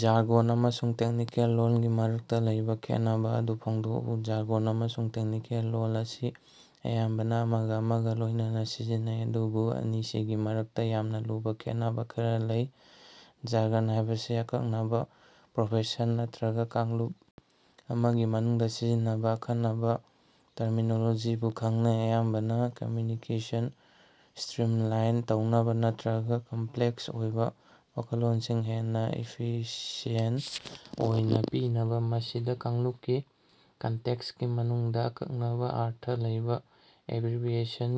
Jargon ꯑꯃꯁꯨꯡ technical ꯂꯣꯜꯒꯤ ꯃꯔꯛꯇꯥ ꯂꯩꯕꯥ ꯈꯦꯠꯅꯕꯥ ꯑꯗꯨ ꯐꯣꯡꯗꯣꯛꯎ꯫ ꯖꯥꯔꯒꯣꯟ ꯑꯃꯁꯨꯡ ꯇꯦꯛꯅꯤꯀꯦꯜ ꯂꯣꯜ ꯑꯁꯤ ꯑꯌꯥꯝꯕꯅꯥ ꯑꯃꯒꯥ ꯑꯃꯒꯥ ꯂꯣꯏꯅꯅꯥ ꯁꯤꯖꯤꯟꯅꯩ ꯑꯗꯨꯕꯨ ꯑꯅꯤꯁꯤꯒꯤ ꯃꯔꯛꯇꯥ ꯌꯥꯝꯅꯥ ꯂꯨꯕꯥ ꯈꯦꯠꯅꯕꯥ ꯈꯔꯥ ꯂꯩ꯫ ꯖꯥꯔꯒꯟ ꯍꯥꯏꯕꯁꯤ ꯑꯀꯛꯅꯕꯥ ꯄ꯭ꯔꯣꯐꯦꯁꯟ ꯅꯠꯇ꯭ꯔꯒꯥ ꯀꯥꯡꯂꯨꯞ ꯑꯃꯒꯤ ꯃꯅꯨꯡꯗꯥ ꯁꯤꯖꯤꯟꯅꯕꯥ ꯑꯈꯟꯅꯕꯥ ꯇꯔꯃꯤꯅꯣꯂꯣꯖꯤꯕꯨ ꯈꯪꯅꯩ ꯑꯌꯥꯝꯕꯅꯥ ꯀꯝꯃ꯭ꯌꯨꯅꯤꯀꯦꯁꯟ ꯁ꯭ꯇꯔꯤꯝꯂꯥꯏꯟ ꯇꯧꯅꯕꯥ ꯅꯠꯇ꯭ꯔꯒꯥ ꯀꯝꯄ꯭ꯂꯦꯛꯁ ꯑꯣꯏꯕꯥ ꯋꯥꯈꯜꯂꯣꯟꯁꯤꯡ ꯍꯦꯟꯅꯥ ꯏꯐꯤꯁꯤꯑꯦꯟ ꯑꯣꯏꯅꯥ ꯄꯤꯅꯕꯥ꯫ ꯃꯁꯤꯗꯥ ꯀꯥꯡꯂꯨꯞꯀꯤ ꯀꯟꯇꯦꯛꯁꯀꯤ ꯃꯅꯨꯡꯗꯥ ꯑꯀꯛꯅꯕꯥ ꯑꯔꯊ ꯂꯩꯕꯥ ꯑꯦꯕ꯭ꯔꯤꯕꯤꯌꯦꯁꯟ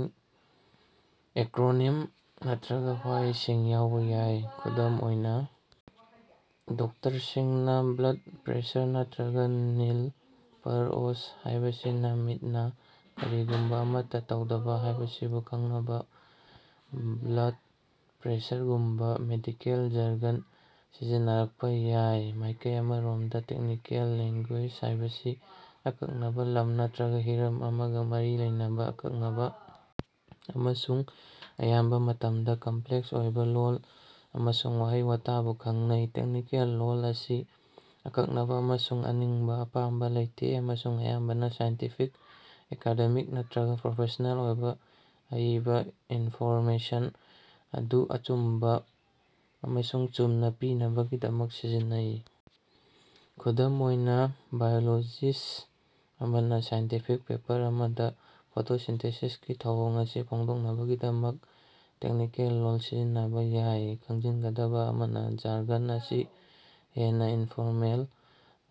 ꯑꯦꯀ꯭ꯔꯣꯅꯤꯌꯝ ꯅꯠꯇ꯭ꯔꯒꯥ ꯋꯥꯍꯩꯁꯤꯡ ꯌꯥꯎꯕꯥ ꯌꯥꯏ꯫ ꯈꯨꯗꯝ ꯑꯣꯏꯅꯥ ꯗꯣꯛꯇꯔꯁꯤꯡꯅꯥ ꯕ꯭ꯂꯗ ꯄ꯭ꯔꯦꯁꯔ ꯅꯠꯇ꯭ꯔꯒꯥ ꯅꯤꯜ ꯄꯔ ꯑꯣꯁ ꯍꯥꯏꯕꯁꯤꯅꯥ ꯃꯤꯠꯅꯥ ꯀꯔꯤꯒꯨꯝꯕꯥ ꯑꯃꯠꯇꯥ ꯇꯧꯗꯕꯥ ꯍꯥꯏꯕꯁꯤꯕꯨ ꯈꯪꯅꯕꯥ ꯕ꯭ꯂꯗ ꯄ꯭ꯔꯦꯁꯔꯒꯨꯝꯕꯥ ꯃꯦꯗꯤꯀꯦꯜ ꯖꯔꯒꯟ ꯁꯤꯖꯤꯟꯅꯔꯛꯄꯥ ꯌꯥꯏ꯫ ꯃꯥꯏꯀꯩ ꯑꯃꯔꯣꯝꯗꯥ ꯇꯦꯛꯅꯤꯀꯦꯜ ꯂꯦꯡꯒꯨꯌꯦꯖ ꯍꯥꯏꯕꯁꯤ ꯑꯀꯛꯅꯕꯥ ꯂꯝ ꯅꯠꯇ꯭ꯔꯒꯥ ꯍꯤꯔꯝ ꯑꯃꯒꯥ ꯃꯔꯤ ꯂꯩꯅꯕꯥ ꯑꯀꯛꯅꯕꯥ ꯑꯃꯁꯨꯡ ꯑꯌꯥꯝꯕꯥ ꯃꯇꯝꯗꯥ ꯀꯝꯄ꯭ꯂꯦꯛꯁ ꯑꯣꯏꯕꯥ ꯂꯣꯜ ꯑꯃꯁꯨꯡ ꯋꯥꯍꯩ ꯋꯥꯇꯥꯕꯨ ꯈꯪꯅꯩ꯫ ꯇꯦꯛꯅꯤꯀꯦꯜ ꯂꯣꯜ ꯑꯁꯤ ꯑꯀꯛꯅꯕꯥ ꯑꯃꯁꯨꯡ ꯑꯅꯤꯡꯕꯥ ꯑꯄꯥꯝꯕꯥ ꯂꯩꯇꯦ ꯑꯃꯁꯨꯡ ꯑꯌꯥꯝꯕꯅꯥ ꯁꯥꯏꯟꯇꯤꯐꯤꯛ ꯑꯦꯀꯥꯗꯦꯃꯤꯛ ꯅꯠꯇ꯭ꯔꯒꯥ ꯄ꯭ꯔꯣꯐꯦꯁꯅꯦꯜ ꯑꯣꯏꯕꯥ ꯑꯏꯕꯗꯥ ꯏꯟꯐꯣꯔꯃꯦꯁꯟ ꯑꯗꯨ ꯑꯆꯨꯝꯕꯥ ꯑꯃꯁꯨꯡ ꯆꯨꯝꯅꯥ ꯄꯤꯅꯕꯒꯤꯗꯃꯛ ꯁꯤꯖꯤꯟꯅꯩ꯫ ꯈꯨꯗꯝ ꯑꯣꯏꯅꯥ ꯕꯥꯏꯑꯣꯂꯣꯖꯤꯁ꯭ꯠ ꯑꯃꯅꯥ ꯁꯥꯏꯟꯇꯤꯐꯤꯛ ꯄꯦꯄꯔ ꯑꯃꯗꯥ ꯐꯣꯇꯣꯁꯤꯟꯊꯦꯁꯤꯁꯀꯤ ꯊꯧꯑꯣꯡ ꯑꯁꯤ ꯐꯣꯡꯗꯣꯛꯅꯕꯒꯤꯗꯃꯛ ꯇꯦꯛꯅꯤꯀꯦꯜ ꯂꯣꯜ ꯁꯤꯖꯤꯟꯅꯕꯥ ꯌꯥꯏ꯫ ꯈꯪꯖꯤꯟꯒꯗꯕꯥ ꯑꯃꯅꯥ ꯖꯥꯔꯒꯟ ꯑꯁꯤ ꯍꯦꯟꯅꯥ ꯏꯟꯐꯣꯔꯃꯦꯜ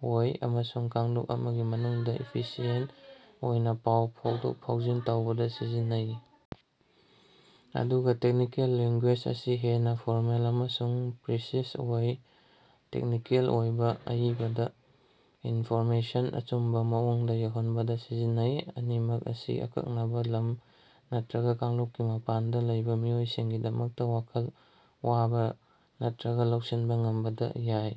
ꯑꯣꯏ ꯑꯃꯁꯨꯡ ꯀꯥꯡꯂꯨꯞ ꯑꯃꯒꯤ ꯃꯅꯨꯡꯗꯥ ꯏꯐꯤꯁꯤꯑꯦꯟꯠ ꯑꯣꯏꯅꯥ ꯄꯥꯎ ꯐꯥꯎꯗꯣꯛ ꯐꯥꯎꯖꯤꯟ ꯇꯧꯕꯗꯥ ꯁꯤꯖꯤꯟꯅꯩ ꯑꯗꯨꯒꯥ ꯇꯦꯛꯅꯤꯀꯦꯜ ꯂꯦꯡꯒꯨꯌꯦꯖ ꯑꯁꯤ ꯍꯦꯟꯅꯥ ꯐꯣꯔꯃꯦꯜ ꯑꯃꯁꯨꯡ ꯄ꯭ꯔꯤꯁꯤꯖ ꯑꯣꯏ ꯇꯦꯛꯅꯤꯀꯦꯜ ꯑꯣꯏꯕꯥ ꯑꯏꯕꯗꯥ ꯏꯟꯐꯣꯔꯃꯦꯁꯟ ꯑꯆꯨꯝꯕꯥ ꯃꯑꯣꯡꯗꯥ ꯌꯧꯍꯟꯕꯗꯥ ꯁꯤꯖꯤꯟꯅꯩ꯫ ꯑꯅꯤꯃꯛ ꯑꯁꯤ ꯑꯀꯛꯅꯕꯥ ꯂꯝ ꯅꯠꯇ꯭ꯔꯒꯥ ꯀꯥꯡꯂꯨꯞꯀꯤ ꯃꯄꯥꯟꯗꯥ ꯂꯩꯕꯥ ꯃꯤꯑꯣꯏꯁꯤꯡꯒꯤꯗꯃꯛꯇꯥ ꯋꯥꯈꯜ ꯋꯥꯕꯥ ꯅꯠꯇ꯭ꯔꯒꯥ ꯂꯧꯁꯤꯟꯕꯥ ꯉꯝꯕꯗ ꯌꯥꯏ꯫